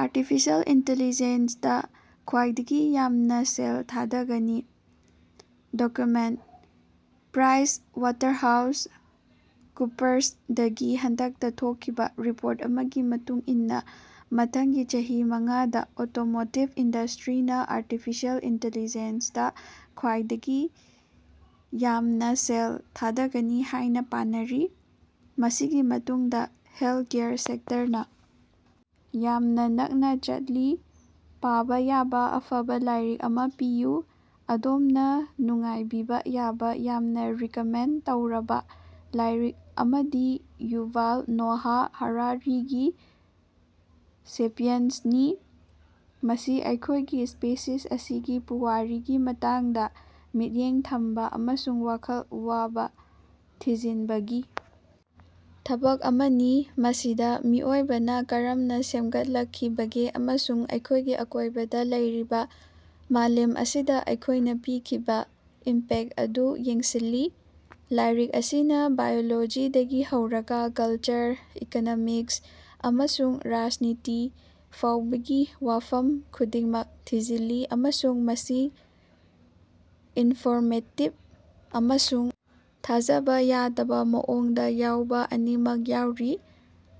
Artificial ꯏꯟꯇ‌ꯦꯂꯤꯖ‌ꯦꯟꯁꯗ ꯈ꯭ꯋꯥꯏꯗꯒꯤ ꯌꯥꯝꯅ ꯁꯦꯜ ꯊꯥꯗꯒꯅꯤ? ꯗꯣꯀꯨꯃꯦꯟꯠ: ꯄ꯭ꯔꯥꯏꯖ ꯋꯥꯇꯔꯍꯥꯎꯁ ꯀꯨꯄꯔꯁꯗꯒꯤ ꯍꯟꯗꯛꯇ ꯊꯣꯛꯈꯤꯕ ꯔꯤꯄꯣꯔꯠ ꯑꯃꯒꯤ ꯃꯇꯨꯡ ꯏꯟꯅ ꯃꯊꯪꯒꯤ ꯆꯍꯤ ꯃꯉꯥꯗ ꯑꯣꯇꯣꯃꯣꯇꯤꯕ ꯏꯟꯗꯁ꯭ꯇꯔꯤꯅ ꯑꯥꯔꯇꯤꯐꯤꯁꯤꯑꯦꯜ ꯏꯟꯇ‌ꯦꯂꯤꯖ‌ꯦꯟꯁꯗ ꯈ꯭ꯋꯥꯏꯗꯒꯤ ꯌꯥꯝꯅ ꯁꯦꯜ ꯊꯥꯗꯒꯅꯤ ꯍꯥꯏꯅ ꯄꯥꯅꯔꯤ, ꯃꯁꯤꯒꯤ ꯃꯇꯨꯡꯗ ꯍꯦꯜꯊꯀꯦꯌꯔ ꯁꯦꯛꯇꯔꯅ ꯌꯥꯝꯅ ꯅꯛꯅ ꯆꯠꯂꯤ꯫ ꯄꯥꯕ ꯌꯥꯕ ꯑꯐꯕ ꯂꯥꯏꯔꯤꯛ ꯑꯃ ꯄꯤꯌꯨ꯫ ꯑꯗꯣꯝꯅ ꯅꯨꯡꯉꯥꯏꯕꯤꯕ ꯌꯥꯕ ꯌꯥꯝꯅ ꯔꯦꯀꯃꯦꯟꯗ ꯇꯧꯔꯕ ꯂꯥꯏꯔꯤꯛ ꯑꯃꯗꯤ ꯌꯨꯚꯥꯜ ꯅꯣꯍꯥ ꯍꯔꯥꯔꯤꯒꯤ ꯁꯦꯄꯤꯌꯟꯁꯅꯤ꯫ ꯃꯁꯤ ꯑꯩꯈꯣꯏꯒꯤ ꯁ꯭ꯄꯤꯁꯤꯁ ꯑꯁꯤꯒꯤ ꯄꯨꯋꯥꯔꯤꯒꯤ ꯃꯇꯥꯡꯗ ꯃꯤꯠꯌꯦꯡ ꯊꯝꯕ ꯑꯃꯁꯨꯡ ꯋꯥꯈꯜ ꯋꯥꯕ ꯊꯤꯖꯤꯟꯕꯒꯤ ꯊꯕꯛ ꯑꯃꯅꯤ, ꯃꯁꯤꯗ ꯃꯤꯑꯣꯏꯕꯅ ꯀꯔꯝꯅ ꯁꯦꯝꯒꯠꯂꯛꯈꯤꯕꯒꯦ ꯑꯃꯁꯨꯡ ꯑꯩꯈꯣꯏꯒꯤ ꯑꯀꯣꯏꯕꯗ ꯂꯩꯔꯤꯕ ꯃꯥꯂꯦꯝ ꯑꯁꯤꯗ ꯑꯩꯈꯣꯏꯅ ꯄꯤꯈꯤꯕ ꯏꯝꯄꯦꯛ ꯑꯗꯨ ꯌꯦꯡꯁꯤꯜꯂꯤ꯫ ꯂꯥꯏꯔꯤꯛ ꯑꯁꯤꯅ ꯕꯥꯏꯑꯣꯂꯣꯖꯤꯗꯒꯤ ꯍꯧꯔꯒ ꯀꯜꯆꯔ, ꯏꯀꯣꯅꯣꯃꯤꯛꯁ, ꯑꯃꯁꯨꯡ ꯔꯥꯖꯅꯤꯇꯤ ꯐꯥꯎꯕꯒꯤ ꯋꯥꯐꯝ ꯈꯨꯗꯤꯡꯃꯛ ꯊꯤꯖꯤꯜꯂꯤ ꯑꯃꯁꯨꯡ ꯃꯁꯤ ꯏꯅꯟꯐꯣꯔꯃꯦꯇꯤꯕ ꯑꯃꯁꯨꯡ ꯊꯥꯖꯕ ꯌꯥꯗꯕ ꯃꯑꯣꯡꯗ ꯌꯥꯎꯕ ꯑꯅꯤꯃꯛ ꯌꯥꯎꯔꯤ꯫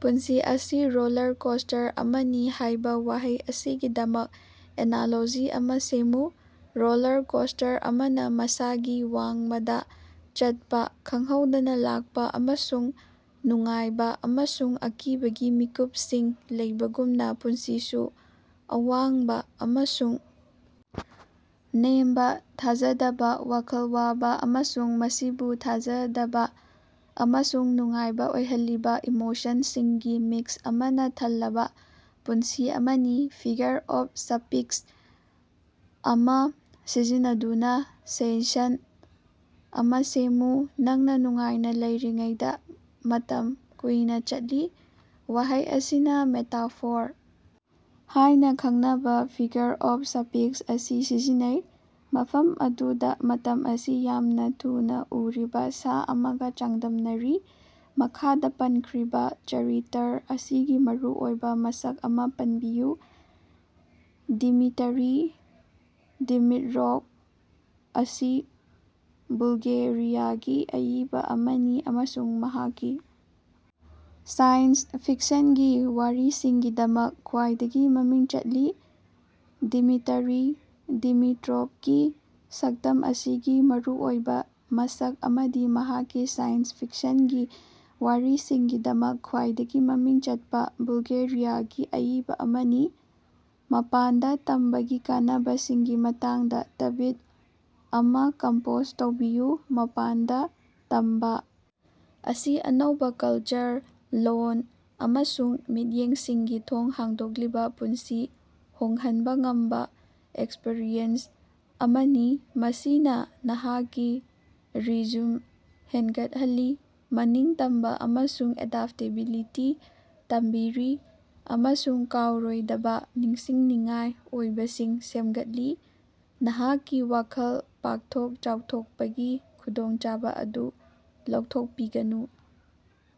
ꯄꯨꯟꯁꯤ ꯑꯁꯤ ꯔꯣꯂꯔꯀꯣꯁ꯭ꯇꯔ ꯑꯃꯅꯤ ꯍꯥꯏꯕ ꯋꯥꯍꯩ ꯑꯁꯤꯒꯤꯗꯃꯛ ꯑꯦꯅꯥꯂꯣꯖꯤ ꯑꯃꯥ ꯁꯦꯝꯃꯨ꯫ ꯔꯣꯂꯔ ꯀꯣꯁ꯭ꯇꯔ ꯑꯃꯅ ꯃꯁꯥꯒꯤ ꯋꯥꯡꯃꯗ ꯆꯠꯄꯥ, ꯈꯪꯍꯧꯗꯅ ꯂꯥꯛꯄ, ꯑꯃꯁꯨꯡ ꯅꯨꯡꯉꯥꯏꯕ ꯑꯃꯁꯨꯡ ꯑꯀꯤꯕꯒꯤ ꯃꯤꯀꯨꯞꯁꯤꯡ ꯂꯩꯕꯒꯨꯝꯅ, ꯄꯨꯟꯁꯤꯁꯨ ꯑꯋꯥꯡꯕ ꯑꯃꯁꯨꯡ ꯅꯦꯝꯕ, ꯊꯥꯖꯗꯕ ꯋꯥꯈꯜ ꯋꯥꯕꯥ, ꯑꯃꯁꯨꯡ ꯃꯁꯤꯕꯨ ꯊꯥꯖꯗꯕ ꯑꯃꯁꯨꯡ ꯅꯨꯡꯉꯥꯏꯕ ꯑꯣꯏꯍꯜꯂꯤꯕ ꯏꯃꯣꯁꯟꯁꯤꯡꯒꯤ ꯃꯤꯛꯁ ꯑꯃꯅ ꯊꯜꯂꯕ ꯄꯨꯟꯁꯤ ꯑꯃꯅꯤ꯫ ꯐꯤꯒꯔ ꯑꯣꯐ ꯁ꯭ꯄꯤꯆ ꯑꯃ ꯁꯤꯖꯤꯟꯅꯗꯨꯅ ꯁꯦꯟꯁꯟ ꯑꯃ ꯁꯦꯝꯃꯨ꯫ ꯅꯪꯅ ꯅꯨꯡꯉꯥꯏꯅ ꯂꯩꯔꯤꯉꯩꯗ ꯃꯇꯝ ꯀꯨꯏꯅ ꯆꯠꯂꯤ꯫ ꯋꯥꯍꯩ ꯑꯁꯤꯅ ꯃꯦꯇꯥꯐꯣꯔ ꯍꯥꯏꯅ ꯈꯪꯅꯕ ꯐꯤꯒꯔ ꯑꯣꯐ ꯁ꯭ꯄꯤꯆ ꯑꯁꯤ ꯁꯤꯖꯤꯟꯅꯩ, ꯃꯐꯝ ꯑꯗꯨꯗ ꯃꯇꯝ ꯑꯁꯤ ꯌꯥꯝꯅ ꯊꯨꯅ ꯎꯔꯤꯕ ꯁꯥ ꯑꯃꯒ ꯆꯥꯡꯗꯝꯅꯔꯤ꯫ ꯃꯈꯥꯗ ꯄꯟꯈ꯭ꯔꯤꯕ ꯆꯔꯤꯇꯔ ꯑꯁꯤꯒꯤ ꯃꯔꯨꯑꯣꯏꯕ ꯃꯁꯛ ꯑꯃꯥ ꯄꯟꯕꯤꯌꯨ꯫ ꯗꯤꯃꯤꯇꯔꯤ ꯗꯤꯃꯤꯠꯔꯣꯚ ꯑꯁꯤ ꯕꯨꯜꯒꯦꯔꯤꯌꯥꯒꯤ ꯑꯏꯕ ꯑꯃꯅꯤ ꯑꯃꯁꯨꯡ ꯃꯍꯥꯛꯀꯤ ꯁꯥꯏꯟꯁ ꯐꯤꯛꯁꯟꯒꯤ ꯋꯥꯔꯤꯁꯤꯡꯒꯤꯗꯃꯛ ꯈ꯭ꯋꯥꯏꯗꯒꯤ ꯃꯃꯤꯡ ꯆꯠꯂꯤ꯫ ꯗꯤꯃꯤꯇꯔꯤ ꯗꯤꯃꯤꯇꯔꯣꯚꯀꯤ ꯁꯛꯇꯝ ꯑꯁꯤꯒꯤ ꯃꯔꯨꯑꯣꯏꯕ ꯃꯁꯛ ꯑꯃꯗꯤ ꯃꯍꯥꯛꯀꯤ ꯁꯥꯏꯟꯁ ꯐꯤꯛꯁꯟꯒꯤ ꯋꯥꯔꯤꯁꯤꯡꯒꯤꯗꯃꯛ ꯈ꯭ꯋꯥꯏꯗꯒꯤ ꯃꯃꯤꯡ ꯆꯠꯄ ꯕꯨꯜꯒꯦꯔꯤꯌꯥꯒꯤ ꯑꯏꯕ ꯑꯃꯅꯤ꯫ ꯃꯄꯥꯟꯗ ꯇꯝꯕꯒꯤ ꯀꯥꯟꯅꯕꯁꯤꯡꯒꯤ ꯃꯇꯥꯡꯗꯥ ꯇ꯭ꯕꯤꯠ ꯑꯃꯥ ꯀꯝꯄꯣꯖ ꯇꯧꯕꯤꯌꯨ꯫ ꯃꯄꯥꯟꯗ ꯇꯝꯕ ꯑꯁꯤ ꯑꯅꯧꯕ ꯀꯜꯆꯔ, ꯂꯣꯜ, ꯑꯃꯁꯨꯡ ꯃꯤꯠꯌꯦꯡꯁꯤꯡꯒꯤ ꯊꯣꯡ ꯍꯥꯡꯗꯣꯛꯂꯤꯕ ꯄꯨꯟꯁꯤ ꯍꯣꯡꯍꯟꯕ ꯉꯝꯕ ꯑꯦꯛꯁꯄꯔꯤꯌꯦꯟꯁ ꯑꯃꯅꯤ꯫ ꯃꯁꯤꯅ ꯅꯍꯥꯛꯀꯤ ꯔꯤꯖ꯭ꯌꯨꯝ ꯍꯦꯟꯒꯠꯍꯜꯂꯤ, ꯃꯅꯤꯡꯇꯝꯕ ꯑꯃꯁꯨꯡ ꯑꯦꯗꯞꯇꯦꯕꯤꯂꯤꯇꯤ ꯇꯝꯕꯤꯔꯤ, ꯑꯃꯁꯨꯡ ꯀꯥꯎꯔꯣꯏꯗꯕ ꯅꯤꯡꯁꯤꯡꯅꯤꯡꯉꯥꯏ ꯑꯣꯏꯕꯁꯤꯡ ꯁꯦꯝꯒꯠꯂꯤ꯫ ꯅꯍꯥꯛꯀꯤ ꯋꯥꯈꯜ ꯄꯥꯛꯊꯣꯛ-ꯆꯥꯎꯊꯣꯛꯄꯒꯤ ꯈꯨꯗꯣꯡꯆꯥꯕ ꯑꯗꯨ ꯂꯧꯊꯣꯛꯄꯤꯒꯅꯨ꯫